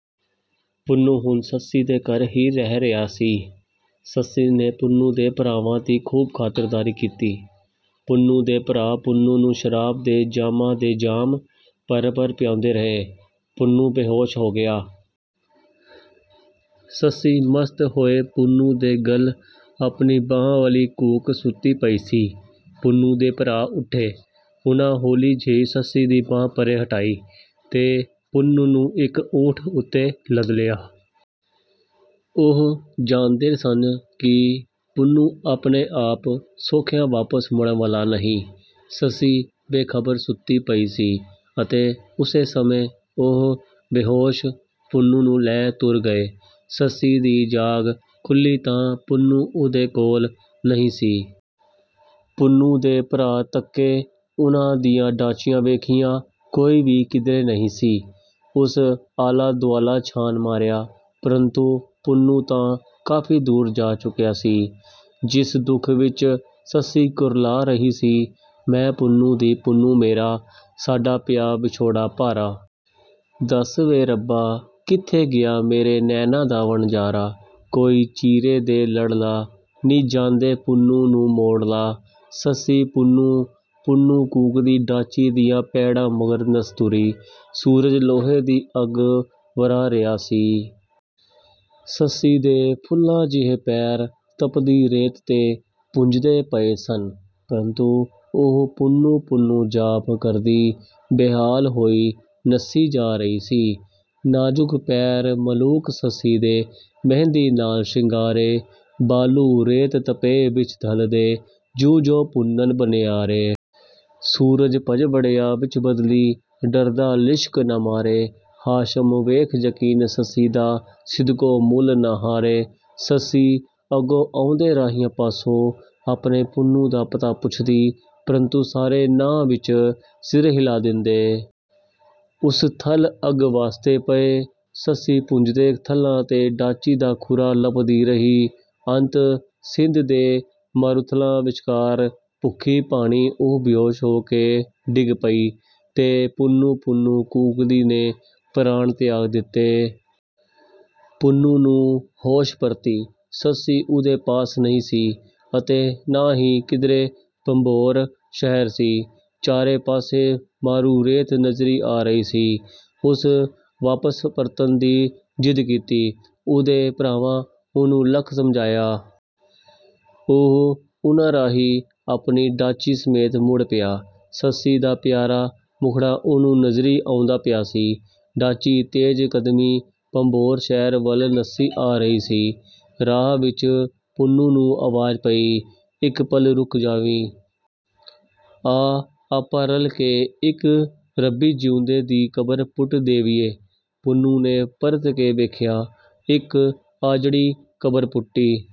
ਪੁੰਨੂੰ ਹੁਣ ਸੱਸੀ ਦੇ ਘਰ ਹੀ ਰਹਿ ਰਿਹਾ ਸੀ। ਸੱਸੀ ਨੇ ਪੁੰਨੂੰ ਦੇ ਭਰਾਵਾਂ ਦੀ ਖੂਬ ਖਾਤਰਦਾਰੀ ਕੀਤੀ। ਪੁੰਨੂੰ ਦੇ ਭਰਾ ਪੁੰਨੂੰ ਨੂੰ ਸ਼ਰਾਬ ਦੇ ਜਾਮਾਂ ਦੇ ਜਾਮ ਭਰ-ਭਰ ਪਿਆਉਂਦੇ ਰਹੇ। ਪੁੰਨੂੰ ਬੇਹੋਸ਼ ਹੋ ਗਿਆ। ਸੱਸੀ ਮਸਤ ਹੋਏ ਪੁੰਨੂੰ ਦੇ ਗਲ ਆਪਣੀ ਬਾਂਹ ਵਲੀ ਘੂਕ ਸੁੱਤੀ ਪਈ ਸੀ। ਪੁੰਨੂੰ ਦੇ ਭਰਾ ਉੱਠੇ। ਉਨ੍ਹਾਂ ਹੌਲੀ ਜਿਹੀ ਸੱਸੀ ਦੀ ਬਾਂਹ ਪਰ੍ਹੇ ਹਟਾਈ ਤੇ ਪੁੰਨੂੰ ਨੂੰ ਇੱਕ ਊਠ ਉੱਤੇ ਲੱਦ ਲਿਆ। ਉਹ ਜਾਣਦੇ ਸਨ ਕਿ ਪੁੰਨੂੰ ਆਪਣੇ ਆਪ ਸੌਖਿਆਂ ਵਾਪਸ ਮੁੜਨ ਵਾਲਾ ਨਹੀਂ। ਸੱਸੀ ਬੇਖ਼ਬਰ ਸੁੱਤੀ ਪਈ ਸੀ ਅਤੇ ਉਸੇ ਸਮੇਂ ਉਹ ਬੇਹੋਸ਼ ਪੁੰਨੂੰ ਨੂੰ ਲੈ ਤੁਰ ਗਏ। ਸੱਸੀ ਦੀ ਜਾਗ ਖੁੱਲ੍ਹੀ ਤਾਂ ਪੁੰਨੂੰ ਉਹਦੇ ਕੋਲ ਨਹੀਂ ਸੀ। ਪੁੰਨੂੰ ਦੇ ਭਰਾ ਤੱਕੇ, ਉਨ੍ਹਾਂ ਦੀਆਂ ਡਾਚੀਆਂ ਵੇਖੀਆਂ, ਕੋਈ ਵੀ ਕਿਧਰੇ ਨਹੀਂ ਸੀ। ਉਸ ਆਲਾ-ਦੁਆਲਾ ਛਾਣ ਮਾਰਿਆ। ਪਰੰਤੂ ਪੁੰਨੂੰ ਤਾਂ ਕਾਫ਼ੀ ਦੂਰ ਜਾ ਚੁੱਕਿਆ ਸੀ। ਜਿਸ ਦੁੱਖ ਵਿੱਚ ਸੱਸੀ ਕੁਰਲਾ ਰਹੀ ਸੀ - ਮੈਂ ਪੁੰਨੂੰ ਦੀ, ਪੁੰਨੂੰ ਮੇਰਾ, ਸਾਡਾ ਪਿਆ ਵਿਛੋੜਾ ਭਾਰਾ। ਦਸ ਵੇ ਰੱਬਾ, ਕਿੱਥੇ ਗਿਆ ਮੇਰੇ ਨੈਣਾਂ ਦਾ ਵਣਜਾਰਾ। ਕੋਈ ਚੀਰੇ ਦੇ ਲੜ ਲਾ, ਨੀ ਜਾਂਦੇ ਪੁੰਨੂੰ ਨੂੰ ਮੋੜ ਲਾ। ਸੱਸੀ ਪੁੰਨੂੰ ਪੁੰਨੂੰ ਕੂਕਦੀ ਡਾਚੀ ਦੀਆਂ ਪੈੜਾਂ ਮਗਰ ਨੱਸ ਤੁਰੀ। ਸੂਰਜ ਲੋਹੇ ਦੀ ਅੱਗ ਵਰ੍ਹਾ ਰਿਹਾ ਸੀ। ਸੱਸੀ ਦੇ ਫੁੱਲਾਂ ਜਿਹੇ ਪੈਰ ਤਪਦੀ ਰੇਤ 'ਤੇ ਭੁੰਜਦੇ ਪਏ ਸਨ, ਪ੍ਰੰਤੂ ਉਹ ਪੁੰਨੂੰ ਪੁੰਨੂੰ ਜਾਪ ਕਰਦੀ ਬੇਹਾਲ ਹੋਈ ਨੱਸੀ ਜਾ ਰਹੀ ਸੀ - ਨਾਜ਼ੁਕ ਪੈਰ ਮਲੂਕ ਸੱਸੀ ਦੇ, ਮਹਿੰਦੀ ਨਾਲ ਸ਼ਿੰਗਾਰੇ। ਬਾਲੂ ਰੇਤ ਤਪੇ ਵਿੱਚ ਥਲ ਦੇ, ਜਿਉਂ ਜੌਂ ਭੁੰਨਣ ਭਨਿਆਰੇ। ਸੂਰਜ ਭੱਜ ਵੜਿਆ ਵਿੱਚ ਬੱਦਲੀਂ, ਡਰਦਾ ਲਿਸ਼ਕ ਨਾ ਮਾਰੇ। ਹਾਸ਼ਮ ਵੇਖ ਯਕੀਨ ਸੱਸੀ ਦਾ, ਸਿਦਕੋਂ ਮੂਲ ਨਾ ਹਾਰੇ। ਸੱਸੀ ਅੱਗੋਂ ਆਉਂਦੇ ਰਾਹੀਆਂ ਪਾਸੋਂ ਆਪਣੇ ਪੁੰਨੂੰ ਦਾ ਪਤਾ ਪੁੱਛਦੀ, ਪ੍ਰੰਤੂ ਸਾਰੇ ਨਾਂਹ ਵਿੱਚ ਸਿਰ ਹਿਲਾ ਦਿੰਦੇ। ਉਸ ਥਲ ਅੱਗ ਵਾਸਤੇ ਪਾਏ। ਸੱਸੀ ਭੁੰਜਦੇ ਥਲਾਂ 'ਤੇ ਡਾਚੀ ਦਾ ਖੁਰਾ ਲੱਭਦੀ ਰਹੀ। ਅੰਤ ਸਿੰਧ ਦੇ ਮਾਰੂਥਲਾਂ ਵਿੱਚਕਾਰ ਭੁੱਖੀ-ਭਾਣੀ ਉਹ ਬੇਹੋਸ਼ ਹੋ ਕੇ ਡਿੱਗ ਪਈ ਤੇ ਪੁੰਨੂੰ ਪੁੰਨੂੰ ਕੂਕਦੀ ਨੇ ਪ੍ਰਾਣ ਤਿਆਗ ਦਿੱਤੇ। ਪੁੰਨੂੰ ਨੂੰ ਹੋਸ਼ ਪਰਤੀ। ਸੱਸੀ ਉਹਦੇ ਪਾਸ ਨਹੀਂ ਸੀ ਅਤੇ ਨਾ ਹੀ ਕਿਧਰੇ ਭੰਬੋਰ ਸ਼ਹਿਰ ਸੀ। ਚਾਰੇ ਪਾਸੇ ਮਾਰੂ ਰੇਤ ਨਜ਼ਰੀਂ ਆ ਰਿਹਾ ਸੀ। ਉਸ ਵਾਪਸ ਪਰਤਣ ਦੀ ਜ਼ਿੱਦ ਕੀਤੀ। ਉਹਦੇ ਭਰਾਵਾਂ ਉਹਨੂੰ ਲੱਖ ਸਮਝਾਇਆ। ਉਹ ਉਨ੍ਹਾਂ ਰਾਹੀਂ ਆਪਣੀ ਡਾਚੀ ਸਮੇਤ ਮੁੜ ਪਿਆ। ਸੱਸੀ ਦਾ ਪਿਆਰਾ ਮੁਖੜਾ ਉਹਨੂੰ ਨਜ਼ਰੀਂ ਆਉਂਦਾ ਪਿਆ ਸੀ। ਡਾਚੀ ਤੇਜ਼ ਕਦਮੀਂ ਭੰਬੋਰ ਸ਼ਹਿਰ ਵੱਲ ਨੱਸੀ ਆ ਰਹੀ ਸੀ। ਰਾਹ ਵਿੱਚ ਪੁੰਨੂੰ ਨੂੰ ਆਵਾਜ਼ ਪਈ - ਇੱਕ ਪਲ ਰੁਕ ਜਾਵੀਂ। ਆ, ਆਪਾਂ ਰਲ ਕੇ ਇੱਕ ਰੱਬੀ ਜੀਉਂਦੇ ਦੀ ਕਬਰ ਪੁੱਟ ਦੇਵੀਏ। ਪੁੰਨੂੰ ਨੇ ਪਰਤ ਕੇ ਵੇਖਿਆ, ਇੱਕ ਆਜੜੀ ਕਬਰ ਪੁੱਟੀ